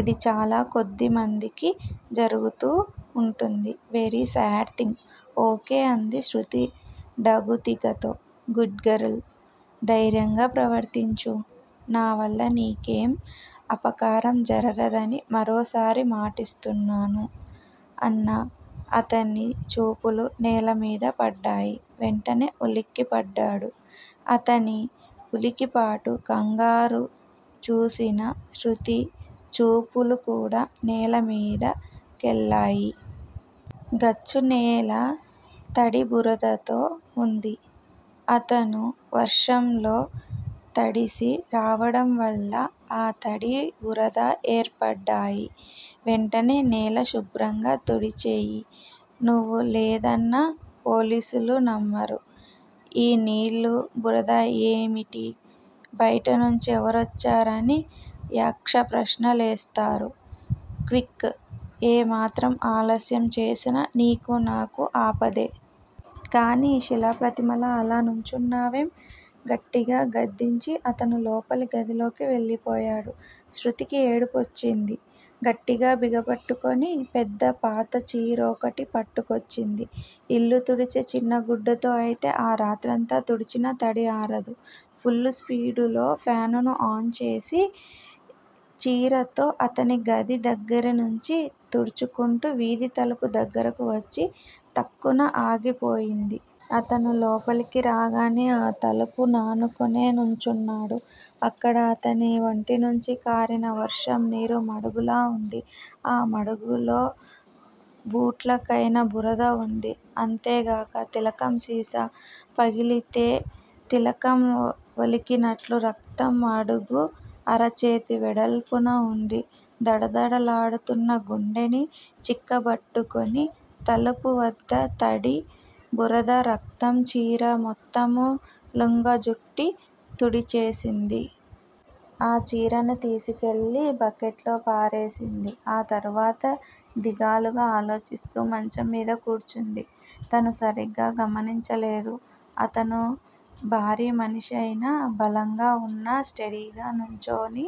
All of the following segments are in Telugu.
ఇలా చాలా కొద్దిమందికి జరుగుతూ ఉంటుంది. Very sad thing. Okay అంది శృతి డగ్గుత్తికతో. Good girl! ధైర్యంగా ప్రవర్తించు. నావల్ల నీకేం అపకారం జరగదని మరోసారి మాటిస్తున్నాను అన్న అతని చూపులు నేలమీద పడ్డాయి. వెంటనే ఉలిక్కిపడ్డాడు. అతని ఉలికిపాటు, కంగారుచూసిన శృతిచూపులుకూడా నేలమీద కెళ్ళాయి. గచ్చునేల తడి బురదతో వుంది. అతను వర్షంలో తడిసి రావడంవల్ల ఆ తడి, బురద ఏర్పడ్డాయి. వెంటనే నేల శుభ్రంగాతుడిచెయ్యి. నువ్వు లేదన్నా పోలీసులు నమ్మరు. ఈ నీళ్ళు, బురద ఏమిటి? బైటనుంచి ఎవరొచ్చారని యక్షప్రశ్నలేస్తారు. క్విక్. ఏమాత్రం ఆలస్యం చేసినా నీకు నాకు ఆపదే. కానియ్! శిలాప్రతిమలా అలా నుంచున్నావేం? గట్టిగా గద్దించి అతను లోపలి గదిలోకి వెళ్ళిపోయాడు. శృతికి ఏడుపోచ్చింది. గట్టిగా బిగపట్టుకొని పెద్ద పాతచెరొకటి పట్టుకొచ్చింది. ఇల్లు తుడిచే చిన్న గుడ్డతో అయితే ఆ రాత్రంతా తుడిచినా తడి ఆరదు. పుల్ స్పీడులో ఫ్యాను ఆన్ చేసి చీరతో అతని గది దగ్గరనుంచి తుడుచుకుంటూ వీధి తలుపు దగ్గరకు వచ్చి తక్కున ఆగిపోయింది. అతను లోపలికి రాగానే ఆ తలుపు నానుకునే నుంచున్నాడు. అక్కడ అతని వంటినుంచి కారిన వర్షం నీరు మడుగులా వుంది. ఆ మడుగులో బూట్లకయిన బురద వుంది అంతేగాక తిలకం సీసా పగిలితే తిలకం వలికినట్లు రక్తం మడుగు అరచేతి వెడల్పున వుంది. దడదడలాడుతున్న గుండెని చిక్కబట్టుకుని తలుపువద్ద తడి, బురద, రక్తం చీరమొత్తం లుంగజుట్టి తుడిచేసింది. ఆ చీరని తీసుకెళ్ళి బక్కెట్లోపారేసింది. ఆతర్వాత దిగాలుగా ఆలోచిస్తూ మంచంమీద కూర్చుంది. తను సరిగా గమనించలేదు. అతను భారీమనిషయినా, బలంగా వున్నా స్టేడీగా నుంచొని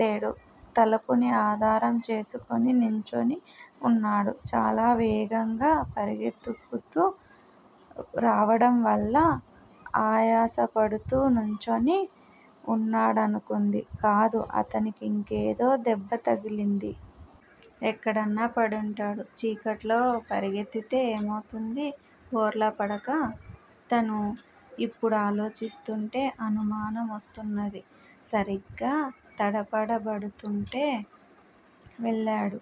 లేడు. తలుపుని ఆధారం చేసుకుని నించొని వున్నాడు. చాలా వేగంగా పరుగెత్తుకు రావటంవల్ల ఆయాసపడుతూ నుంచొని వున్నాడనుకుంది. కాదు అతనికెక్కడో దెబ్బతగిలింది. ఎక్కడన్నాపడుంటాడు. చీకట్లో పరిగెత్తితే ఏమవుతుంది, బోర్లాపడక. తను ఇప్పుడాలోచిస్తుంటే అనుమాన మొస్తున్నది. సరిగా తడపడబడుతుంటే వెళ్ళాడు.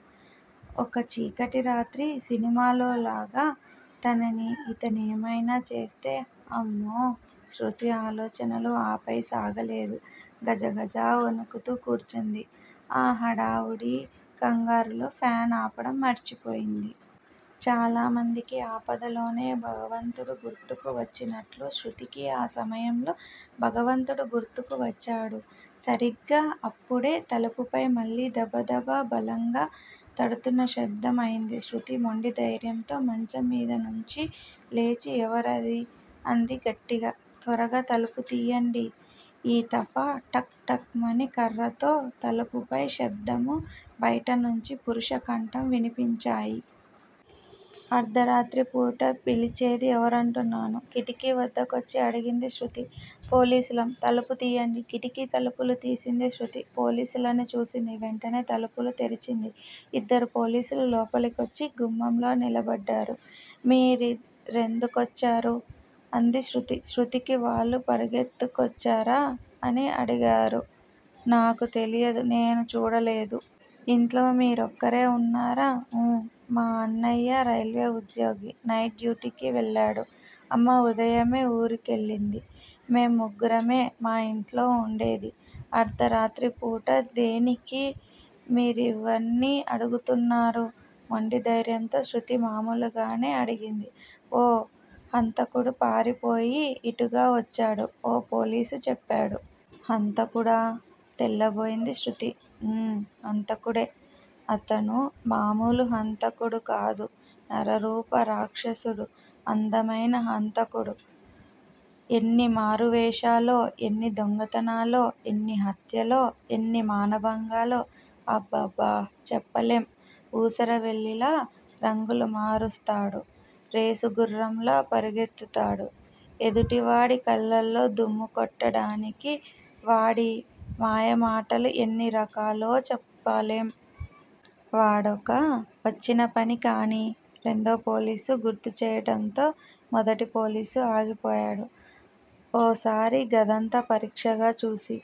ఒక చీకటిరాత్రి సినిమాలోలాగా తనిని ఇతనేమైనా చేస్తే, అమ్మో! శృతి ఆలోచనలు ఆపై సాగలేదు. గజగజ వణుకుతూ కూర్చుంది. ఆ హడావుడి కంగారులో ఫాన్ ఆపడం మర్చి పోయింది. చాలామందికి ఆపదలోనే భగవంతుడు గుర్తుకు వచ్చినట్లు శృతికి ఈ సమయంలో భగవంతుడు గుర్తుకు వచ్చాడు. సరిగా అప్పుడే తలుపుపై మళ్ళీ దబదబ బలంగా తడుతున్న శబ్దం అయింది. శృతి మొండిదైర్యంతో మంచంమీదనుంచి లేచి ఎవరది? అంది గట్టిగా. త్వరగా తలుపుతీయండి. ఈ తఫా టక్ టక్ మని కర్రతో తలుపుపై శబ్దం, బైటనుంచి పురుషకంఠం వినిపించాయి. అర్థరాత్రప్పుడు పిలిచేది ఎవరంటున్నాను? కిటికీ వద్దకొచ్చి అడిగింది శృతి. పోలీసులం, తలుపుతీయండి. కిటికీ తలుపులు తీసింది శృతి, పోలీసులని చూసింది. వెంటనే తలుపులు తెరిచింది. ఇద్దరు పోలీసులు లోపలికొచ్చి గుమ్మంలో నిలబడ్డారు. మీ రెందుకొచ్చారు? అంది శృతి. శృతికి వాళ్ళు పరుగెత్తుకొచ్చారా? అని అడిగారు. నాకు తెలియదు నే చూడలేదు. ఇంట్లో మీరొక్కరే వున్నారా? ఊ మాఅన్నయ్య రైల్వేఉద్యోగి. నైట్ డ్యూటీకి వెళ్ళాడు. అమ్మ ఉదయమే ఊరెళ్ళింది. మేం ముగ్గురమే మా యింట్లో వుండేది. అర్థరాత్రిపూట దేనికి మీరివన్నీ అడుగుతున్నారు? మొండిధైర్యంతో శృతి మామూలుగానే అడిగింది. ఓ హంతకుడు పారిపోయి ఇటుగా వచ్చాడు ఓ పోలీసు చెప్పాడు. హంతకుడా? తెల్లబోయింది శృతి. ఊ! హంతకుడే-అతను మామూలు హంతకుడుకాదు నరరూపరాక్షిసుడు, అందమైన హంతకుడు! ఎన్ని మారువేశాలో, ఎన్ని దొంగతనాలో, ఎన్ని హత్యలో, ఎన్ని మానభంగాలో, అబ్బబ్బ చెప్పలేం. ఊసరవెల్లిలా రంగులు మారుస్తాడు, రేసుగుర్రంలా పరుగెత్తుతాడు. ఎదుటివాడి కళ్ళలో దుమ్ము కొట్టడానికి వాడి మాయమాటలు ఎన్ని రకాలో చెప్పలేం. వాడొక వచ్చినపని కానియ్యి రెండోపోలీసు గుర్తుచేయటంతో మొదటి పోలీసు ఆగిపోయాడు. ఓసారి గదంతా పరీక్షగా చూసి